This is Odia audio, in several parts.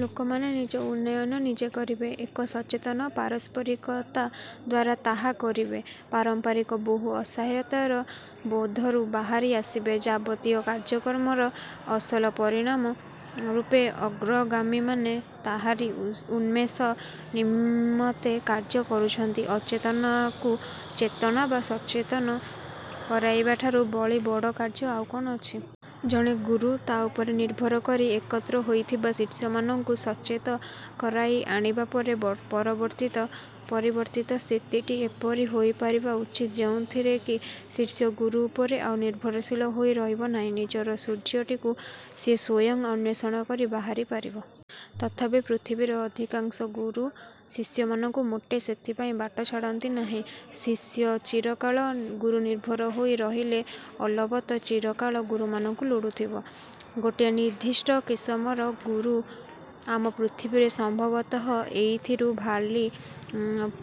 ଲୋକମାନେ ନିଜ ଉନ୍ନୟନ ନିଜେ କରିବେ। ଏକ ସଚେତନ ପାରସ୍ପରିକତା ଦ୍ୱାରା ତାହା କରିବେ, ପାରମ୍ପରିକ ବହୁ ଅସହାୟତା ବୋଧରୁ ବାହାରି ଆସିବେ, ଯାବତୀୟ କାର୍ଯ୍ୟକ୍ରମର ଅସଲ ପରିଣାମ ରୂପେ ଅଗ୍ରଗାମୀମାନେ ତାହାରି ଉନ୍ମେଷ ନିମନ୍ତେ କାର୍ଯ୍ୟ କରୁଛନ୍ତି। ଅଚେତନକୁ ଚେତନ ବା ସଚେତନ କରାଇବା ଠାରୁ ବଳି ବଡ଼ କାର୍ଯ୍ୟ ଆଉ କଣ ଅଛି? ଜଣେ ଗୁରୁ ତା ଉପରେ ନିର୍ଭର କରି ଏକତ୍ର ହୋଇଥିବା ଶିଷ୍ୟମାନଙ୍କୁ ସଚେତ କରାଇ ଆଣିବା ପରେପରବର୍ତ୍ତିତ ପରିବର୍ତ୍ତିତ ସ୍ଥିତିଟି ଏପରି ହୋଇପାରିବା ଉଚିତ ଯେଉଁଥିରେ କି ଶିଷ୍ୟ ଗୁରୁ ଉପରେ ଆଉ ନିର୍ଭରଶୀଳ ହୋଇ ରହିବ ନାହିଁ ନିଜର ସୂର୍ଯ୍ୟଟିକୁ ସିଏ ସ୍ୱୟଂ ଅନ୍ୱେଷଣ କରି ବାହାରି ପାରିବ। ତଥାପି ପୃଥିବୀର ଅଧିକାଂଶ ଗୁରୁ ଶିଷ୍ୟମାନଙ୍କୁ ମୋଟେ ସେଥିପାଇଁ ବାଟ ଛାଡ଼ନ୍ତି ନାହାନ୍ତି। ଶିଷ୍ୟ ଚିରକାଳ ଗୁରୁନିର୍ଭର ହୋଇ ରହିଲେ ଅଲବତ ଚିରକାଳ ଗୁରୁମାନଙ୍କୁ ଲୋଡୁଥିବ। ଗୋଟିଏ ନିର୍ଦ୍ଧିଷ୍ଟ କିସମର ଗୁରୁ ଆମ ପୃଥିବୀରେ ସମ୍ଭବତଃ ଏଇଥିରୁ ଭାରି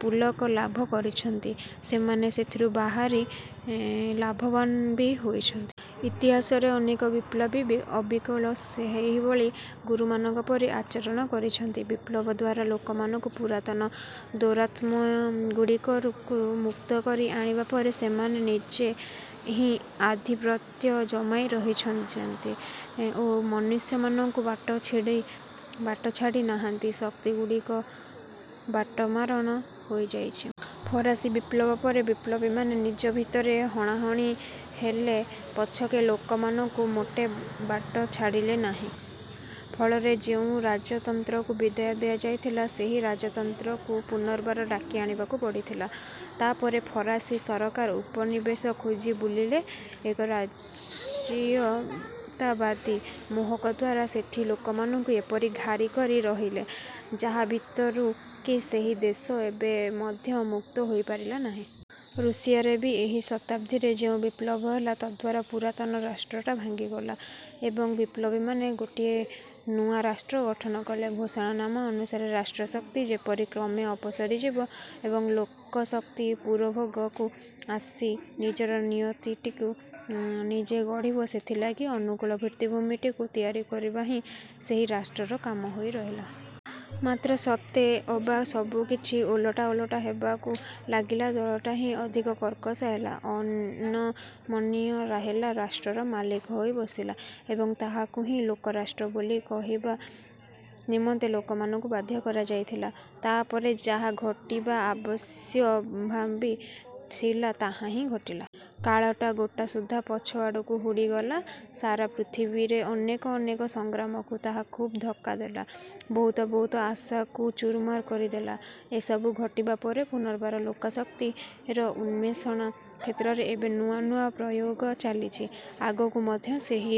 ପୁଲକ ଲାଭ କରିଛନ୍ତି। ସେମାନେ ସେଥିରୁ ବାହାରି ଲାଭବାନ ବି ହୋଇଛନ୍ତି। ଇତିହାସରେ ଅନେକ ବିପ୍ଳବୀ ଅବିକଳ ସେହିଭଳି ଗୁରୁମାନଙ୍କ ପରି ଆଚରଣ କରିଛନ୍ତି। ବିପ୍ଳବ ଦ୍ୱାରା ଲୋକମାନଙ୍କୁ ପୁରାତନ ଦୌରାତ୍ମ୍ୟଗୁଡ଼ିକରୁ ମୁକ୍ତ କରି ଆଣିବା ପରେ ସେମାନେ ନିଜେ ହିଁ ଆଧିପତ୍ୟ ଜମାଇ ରହି ଯାଇଛନ୍ତି ଓ ମନୁଷ୍ୟମାନଙ୍କୁ ବାଟ ଛିଡି ଛାଡ଼ି ନାହାନ୍ତି। ଶକ୍ତିଗୁଡିକ ବାଟମାରଣା ହୋଇଯାଇଛି। ଫରାସୀ ବିପ୍ଳବ ପରେ ବିପ୍ଳବୀମାନେ ନିଜ ଭିତରେ ହଣାହାଣି ହେଲେ ପଛକେ ଲୋକମାନଙ୍କୁ ମୋଟେ ବାଟ ଛାଡ଼ିଲେ ନାହିଁ। ଫଳରେ ଯେଉଁ ରାଜତନ୍ତ୍ରକୁ ବିଦାୟ ଦିଆଯାଇଥିଲା ସେହି ରାଜତନ୍ତ୍ରକୁ ପୂନର୍ବାର ଡାକି ଆଣିବାକୁ ପଡ଼ିଥିଲା। ତାପରେ ଫରାସୀ ସରକାର ଉପନିବେଶ ଖୋଜି ବୁଲିଲେ ଏକ ଜାତୀୟତାବାଦୀ ମୋହକ ଦ୍ୱାରା ସେଠି ଲୋକମାନଙ୍କୁ ଏପରି ଘାରି କରି ରଖିଲେ ଯାହା ଭିତରୁ କି ସେହି ଦେଶ ଏବେ ମଧ୍ୟ ମୁକ୍ତ ହୋଇ ପାରିଲାନାହିଁ। ରୁଷିଆରେ ବି ଏହି ଶତାବ୍ଦୀରେ ଯେଉଁ ବିପ୍ଳବ ହେଲା ତଦ୍ଦ୍ୱାରା ପୁରାତନ ରାଷ୍ଟ୍ରଟା ଭାଙ୍ଗିଗଲା ଏବଂ ବିପ୍ଲବୀମାନେ ଗୋଟିଏ ନୂଆ ରାଷ୍ଟ୍ର ଗଠନ କଲେ। ଘୋଷଣାନାମା ଅନୁସାରେ ରାଷ୍ଟ୍ରଶକ୍ତି ଯେପରି କ୍ରମେ ଅପସରିଯିବ ଏବଂ ଲୋକଶକ୍ତି ପୁରୋଭାଗକୁ ଆସି ନିଜର ନିୟତିଟିକୁ ନିଜେ ଗଢିବ ସେଥିଲାଗି ଅନୁକୂଳ ଭିତ୍ତିଭୂମିଟିକୁ ତିଆରି କରିବା ହିଁ ସେହି ରାଷ୍ଟ୍ରର କାମ ହୋଇ ରହିଲା। ମାତ୍ର ସତେ ଅବା ସବୁକିଛି ଓଲଟା ଓଲଟା ହେବାକୁ ଲାଗିଲା ଦଳଟା ହିଁ ଅଧିକ କର୍କଶ ହେଲା, ଅନମନୀୟ ହେଲା ରାଷ୍ଟ୍ରର ମାଲିକ ହୋଇ ବସିଲା ଏବଂ ତାହାକୁ ହିଁ ଲୋକରାଷ୍ଟ୍ର ବୋଲି କହିବା ନିମନ୍ତେ ଲୋକମାନଙ୍କୁ ବାଧ୍ୟ କରାଯାଇଥିଲା। ତାପରେ ଯାହା ଘଟିବା ଆବଶ୍ୟମ୍ଭାବୀ ଥିଲା ତାହାହିଁ ଘଟିଲା। କାଳଟା ଗୋଟାସୁଦ୍ଧା ପଛ ଆଡ଼କୁ ହୁଡ଼ିଗଲା। ସାରା ପୃଥିବୀରେ ଅନେକ ଅନେକ ସଂଗ୍ରାମକୁ ତାହା ଖୁବ୍ ଧକ୍କା ଦେଲା, ବହୁତ ବହୁତ ଆଶାକୁ ଚୁରମାର କରିଦେଲା। ଏସବୁ ଘଟିବା ପରେ ପୁନର୍ବାର ଲୋକାଶକ୍ତିର ଉନ୍ମେଷଣା କ୍ଷେତ୍ରରେ ଏବେ ନୂଆ ନୂଆ ପ୍ରୟୋଗ ଚାଲିଛି। ଆଗକୁ ମଧ୍ୟ ସେହି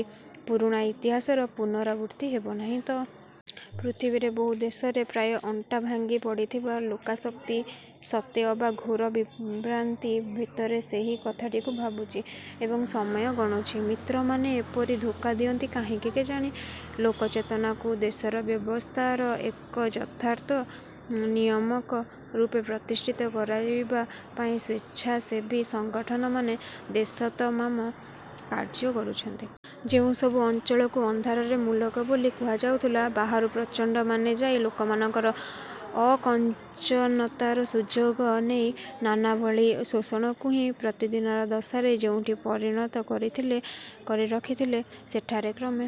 ପୁରୁଣା ଇତିହାସର ପୁନରାବୃତ୍ତି ହେବନାହିଁ ତ? ପୃଥିବୀରେ ବହୁ ଦେଶରେ ପ୍ରାୟ ଅଣ୍ଟା ଭାଙ୍ଗି ପଡ଼ିଥିବା ଲୋକାଶକ୍ତି ସତେଅବା ଘୋର ବିଭ୍ରାନ୍ତି ଭିତରେ ସେହି କଥାଟିକୁ ଭାବୁଛି ଏବଂ ସମୟ ଗଣୁଛି। ମିତ୍ରମାନେ ଏପରି ଧୋକା ଦିଅନ୍ତି କାହିଁକି କେଜାଣି? ଲୋକଚେତନାକୁ ଦେଶ ବ୍ୟବସ୍ଥାର ଏକ ଯଥାର୍ଥ ନିୟାମକ ରୂପେ ପ୍ରତିଷ୍ଠିତ କରାଇବା ପାଇଁ ସ୍ୱେଚ୍ଛାସେବୀ ସଂଗଠନମାନେ ଦେଶତମାମ କାର୍ଯ୍ୟ କରୁଛନ୍ତି। ଯେଉଁସବୁ ଅଂଚଳକୁ ଅନ୍ଧାରରେ ମୂଲକ ବୋଲି କୁହାଯାଉଥିଲା ବାହାରୁ ପ୍ରଚଣ୍ଡ ମାନେ ଯାଇ ଲୋକମାନଙ୍କର ଅକଞ୍ଚନତାର ସୁଯୋଗ ନେଇ ନାନାଭଳି ଶୋଷଣକୁ ହିଁ ପ୍ରତିଦିନର ଦଶାରେ ଯେଉଁଠି ପରିଣତ କରିଥିଲେ କରି ରଖିଥିଲେ ସେଠାରେ କ୍ରମେ